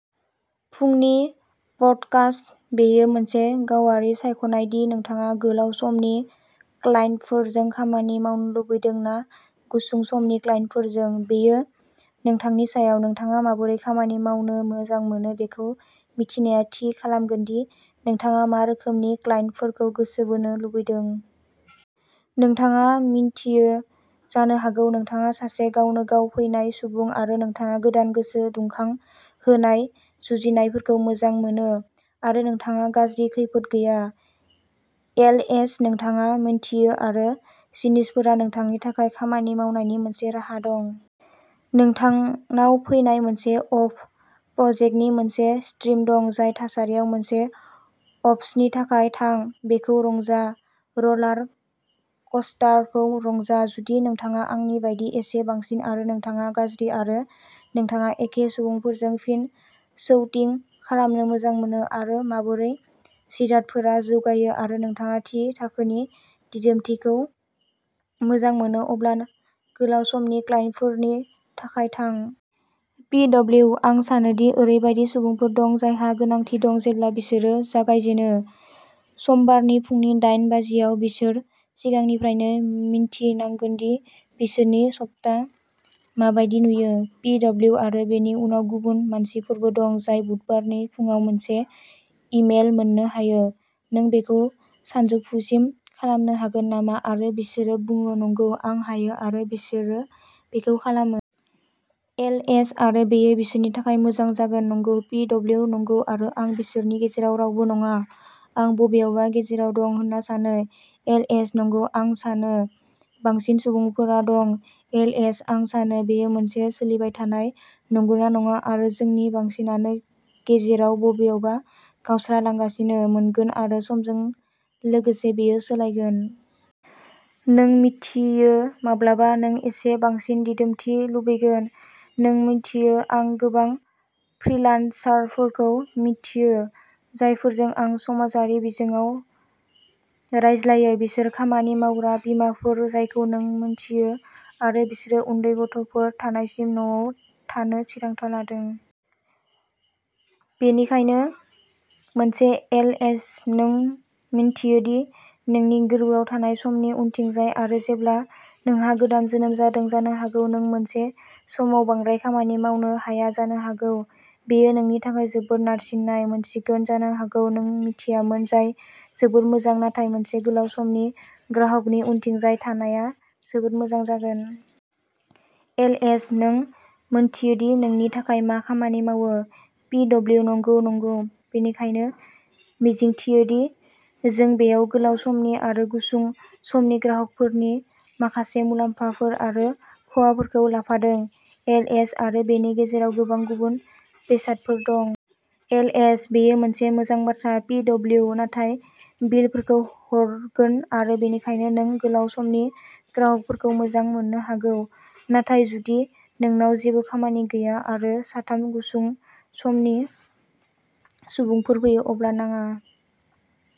फुंनि पडकास्ट, बेयो मोनसे गावारि सायख'नाय दि नोंथाङा गोलाव समनि क्लाइन्टफोरजों खामानि मावनो लुबैदों ना गुसुं समनि क्लाइन्टफोरजों। बेयो नोंथांनि सायाव। नोंथाङा माबोरै खामानि मावनो मोजां मोनो बेखौ मिथिनाया थि खालामगोन दि नोंथाङा मा रोखोमनि क्लाइन्टफोरखौ गोसो बोनो लुबैदों। नोंथाङा मिन्थियो जानो हागौ नोंथाङा सासे गावनो-गाव फैनाय सुबुं आरो नोंथाङा गोदान गोसो दुंखां होनाय जुजिनायफोरखौ मोजां मोनो आरो नोंथाङा गाज्रि खैफोद गैया। एलएच नोंथाङा मिन्थियो आरो जिनिसफोरा नोंथांनि थाखाय खामानि मावनायनि मोनसे राहा दं। नोंथांनाव फैनाय मोनसे अफ प्रजेक्टनि मोनसे स्ट्रिम दं जाय थासारियाव मोनसे अफ्सनि थाखाय थां, बेखौ रंजा र'लार कस्टारखौ रंजा। जुदि नोंथाङा आंनि बायदि एसे बांसिन आरो नोंथाङा गाज्रि आरो नोंथाङा एखे सुबुंफोरजों फिन चैटिं खालामनो मोजां मोनो आरो माबोरै जिरादफोरा जौगायो आरो नोंथाङा थि थाखोनि दिदोमथिखौ मोजां मोनो, अब्ला गोलाव समनि क्लाइन्टफोरनि थाखाय थां। पि डब्लिउ आं सानो दि ओरैबायदि सुबुंफोर दं जायहा गोनांथि दं जेब्ला बिसोरो जागायजेनो। समबारनि फुंनि दायेन बाजियाव, बिसोर सिगांनिफ्रायनो मिन्थिनांगोन दि बिसोरनि सप्ता माबायदि नुयो। पि डब्लिउ आरो बेनि उनाव गुबुन मानसिफोरबो दं जाय बुधबारनि फुंआव मोनसे इमेल मोन्नो हायो, नों बेखौ सानजौफुसिम खालामनो हागोन नामा आरो बिसोरो बुङो नंगौ आं हायो आरो बिसोरो बेखौ खालामो। एलएच आरो बेयो बिसोरनि थाखाय मोजां जागोन, नगौ। पि डब्लिउ नंगौ आरो आं बिसोरनि गेजेराव रावबो नङा, आं बबेयावबा गेजेराव दं होनना सानो। एलएच नंगौ आं सानो बांसिन सुबुंफोरा दं। एलएच आं सानो बेयो मोनसे सोलिबाय थानाय, नंगौना नङा आरो जोंनि बांसिनानो गेजेराव बबेयावबा गावस्रालांगासिनो मोनगोन आरो समजों लोगोसे बेयो सोलायगोन। नों मिथियो माब्लाबा नों एसे बांसिन दिदोमथि लुबैगोन। नों मिन्थियो आं गोबां फ्रिलान्सारफोरखौ मिन्थियो जायफोरजों आं समाजारि बिजोङाव रायज्लायो बिसोर खामानि मावग्रा बिमाफोर जायखौ नों मिन्थियो आरो बिसोरो उन्दै गथ'फोर थानायसिम न'आव थानो थिरांथा लादों। बेनिखायनो मोनसे एल एच नों मिन्थियो दि नोंनि गोर्बोआव थानाय समनि उनथिंजाय आरो जेब्ला नोंहा गोदान जोनोम जादों जानो हागौ नों मोनसे समाव बांद्राय खामानि मावनो हाया जानो हागौ बेयो नोंनि थाखाय जोबोद नारसिननाय मोनसिगोन जानो हागौ नों मिन्थियामोन, जाय जोबोद मोजां नाथाय मोनसे गोलाव समनि ग्राहकनि उनथिंजाय थानायआ जोबोद मोजां जागोन। एल एच नों मिन्थियो दि नोंनि थाखाय मा खामानि मावो। पि डब्लिउ नंगौ, नंगौ। बेनिखायनो मिजिंथियोदि जों बेयाव गोलाव समनि आरो गुसुं समनि ग्राहकफोरनि माखासे मुलाम्फाफोर आरो खहाफोरखौ लाफादों। एल एच आरो बेनि गेजेराव गोबां गुबुन बेसादफोर दं। एल एच बेयो मोनसे मोजां बाथ्रा। पि डब्लिउ नाथाय बिलफोरखौ हरगोन आरो बेनिखायनो नों गोलाव समनि ग्राहकफोरखौ मोजां मोननो हागौ नाथाय जुदि नोंनाव जेबो खामानि गैया आरो साथाम गुसुं समनि सुबुंफोर फैयो अब्ला नाङा।